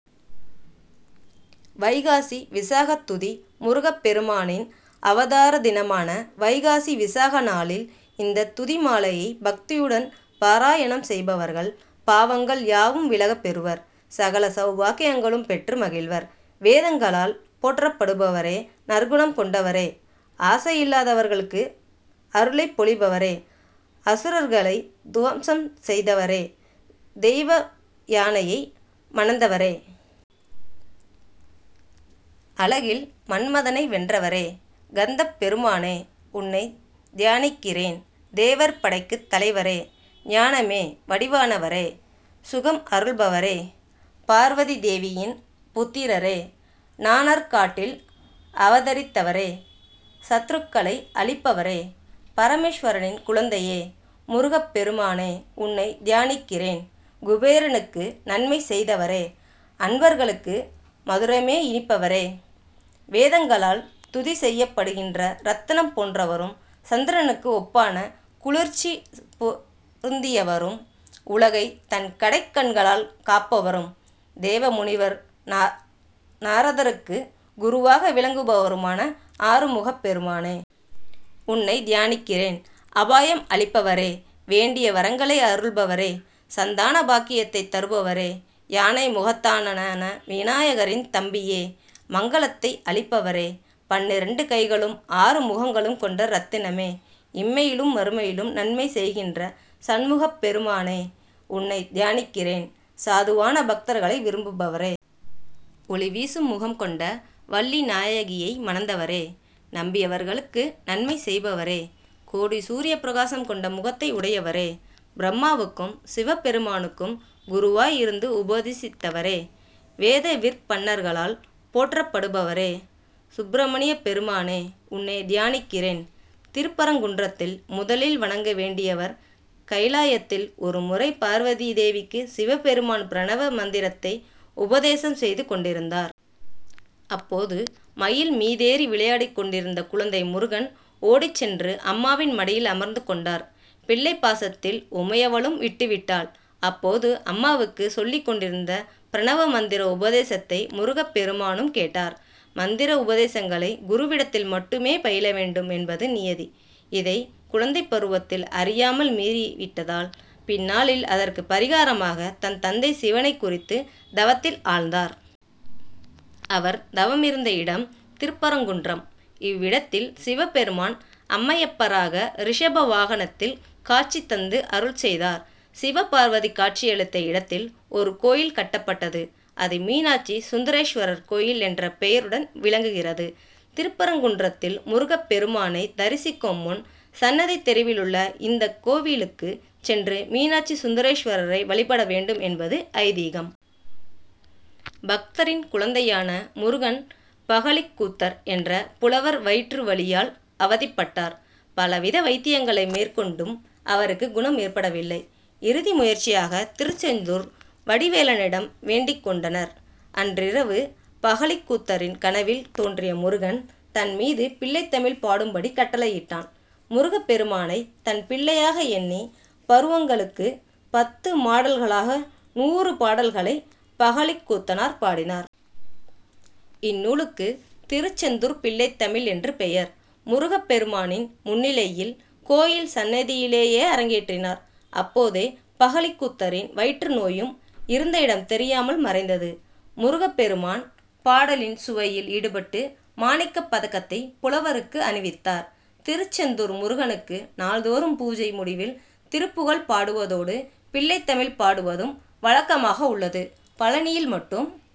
வைகாசி விசாகத் துதி முருகப்பெருமானின் அவதார தினமான வைகாசி விசாக நாளில் இந்த துதிமாலையைப் பக்தியுடன் பாராயணம் செய்பவர்கள் பாவங்கள் யாவும் விலகப்பெறுவர். சகல சவுபாக்கியங்களும் பெற்று மகிழ்வர். வேதங்களால் போற்றப்படுபவரே! நற்குணம் கொண்டவரே! ஆசையில்லாதவர்களுக்கு அருளைப் பொழிபவரே! அசுரர்களை துவம்சம் செய்தவரே! தெய்வயானையை மணந்தவரே! அழகில் மன்மதனை வென்றவரே! கந்தப்பெருமானே! உன்னைத் தியானிக்கிறேன். தேவர் படைக்குத் தலைவரே! ஞானமே வடிவானவரே! சுகம் அருள்பவரே! பார்வதிதேவியின் புத்திரரே! நாணற்காட்டில் அவதரித்தவரே! சத்ருக்களை அழிப்பவரே! பரமேஸ்வரனின் குழந்தையே! முருகப்பெருமானே! உன்னைத் தியானிக்கிறேன். குபேரனுக்கு நன்மை செய்தவரே! அன்பர்களுக்கு மதுரமே இனிப்பவரே! வேதங்களால் துதி செய்யப்படுகின்ற ரத்தினம் போன்றவரும், சந்திரனுக்கு ஒப்பான குளிர்ச்சி பொருந்தியவரும், உலகை தன் கடைக்கண்களால் காப்பவரும், தேவமுனிவர் நாநாரதருக்கு குருவாக விளங்குபவருமான ஆறுமுகப்பெருமானே! உன்னைத் தியானிக்கிறேன். அபாயம் அளிப்பவரே! வேண்டிய வரங்களை அருள்பவரே! சந்தான பாக்கியத்தை தருபவரே! யானை முகத்தானான விநாயகரின் தம்பியே! மங்களத்தை அளிப்பவரே! பன்னிரண்டு கைகளும், ஆறு முகங்களும் கொண்ட ரத்தினமே! இம்மையிலும் மறுமையிலும் நன்மை செய்கின்ற சண்முகப்பெருமானை! உன்னைத் தியானிக்கிறேன். சாதுவான பக்தர்களை விரும்புவரே! ஒளிவீசும் முகம் கொண்ட வள்ளிநாயகியை மணந்தவரே! நம்பியவர்களுக்கு நன்மை செய்பவரே! கோடி சூரியப்பிரகாசம் கொண்ட முகத்தை உடையவரே! பிரம்மாவுக்கும், சிவபெருமானுக்கும் குருவாய் இருந்து உபதேசித்தவரே! வேதவிற்பன்னர்களால் போற்றப்படுபவரே! சுப்பிரமணியப் பெருமானே! உன்னைத் தியானிக்கிறேன். திருப்பரங்குன்றத்தில் முதலில் வணங்க வேண்டியவர் கைலாயத்தில் ஒருமுறை பார்வதிதேவிக்கு சிவபெருமான் பிரணவ மந்திரத்தை உபதேசம் செய்து கொண்டிருந்தார். அப்போது மயில் மீதேறி விளையாடிக்கொண்டிருந்த குழந்தை முருகன், ஓடிச் சென்று அம்மாவின் மடியில் அமர்ந்து கொண்டார். பிள்ளைப்பாசத்தில் உமையவளும் விட்டுவிட்டாள். அப்போது அம்மாவுக்கு சொல்லிக்கொண்டிருந்த பிரணவ மந்திர உபதேசத்தை முருகப்பெருமானும் கேட்டார். மந்திர உபதேசங்களை குருவிடத்தில் மட்டுமே பயிலவேண்டும் என்பது நியதி. இதை குழந்தைப் பருவத்தில் அறியாமல் மீறிவிட்டதால், பின்னாளில் அதற்குப் பரிகாரமாக, தன் தந்தை சிவனைக் குறித்து தவத்தில் ஆழ்ந்தார். அவர் தவமிருந்த இடம் திருப்பரங்குன்றம். இவ்விடத்தில், சிவபெருமான் அம்மையப்பராக ரிஷப வாகனத்தில் காட்சி தந்து அருள்செய்தார். சிவபார்வதி காட்சியளித்த இடத்தில் ஒரு கோயில் கட்டப்பட்டது. அது மீனாட்சி சுந்தரேஸ்வரர் கோயில் என்ற பெயருடன் விளங்குகிறது. திருப்பரங்குன்றத்தில் முருகப்பெருமானைத் தரிசிக்கும் முன், சன்னதி தெருவிலுள்ள இந்தக்கோயிலுக்குச் சென்று மீனாட்சி சுந்தரேஸ்வரரை வழிபடவேண்டும் என்பது ஐதீகம். பக்தரின் குழந்தையான முருகன் பகழிக்கூத்தர் என்ற புலவர் வயிற்றுவலியால் அவதிப்பட்டார். பலவித வைத்தியங்களை மேற்கொண்டும் அவருக்கு குணம் ஏற்படவில்லை. இறுதி முயற்சியாக திருச்செந்தூர் வடிவேலனிடம் வேண்டிக் கொண்டனர். அன்றிரவு பகழிக்கூத்தரின் கனவில் தோன்றிய முருகன், தன் மீது பிள்ளைத்தமிழ் பாடும்படிக் கட்டளையிட்டான். முருகப்பெருமானை, தன் பிள்ளையாக எண்ணி பருவங்களுக்குப் பத்துமாடல்களாக நூறு பாடல்களைப் பகழிக்கூத்தர் பாடினார். இந்நூலுக்கு திருச்செந்தூர் பிள்ளைத்தமிழ்' என்று பெயர். முருகப்பெருமானின் முன்னிலையில் கோயில் சன்னதியிலேயே அரங்கேற்றினார். அப்போதே பகழிக்கூத்தரின் வயிற்றுநோயும் இருந்த இடம் தெரியாமல் மறைந்தது. முருகப்பெருமான் பாடலின் சுவையில் ஈடுபட்டு மாணிக்கப்பதக்கத்தை புலவருக்கு அணிவித்தார். திருச்செந்தூர் முருகனுக்கு நாள்தோறும் பூஜை முடிவில் திருப்புகழ் பாடுவதோடு, பிள்ளைத்தமிழ் பாடுவதும் வழக்கமாக உள்ளது. பழநியில் மட்டும்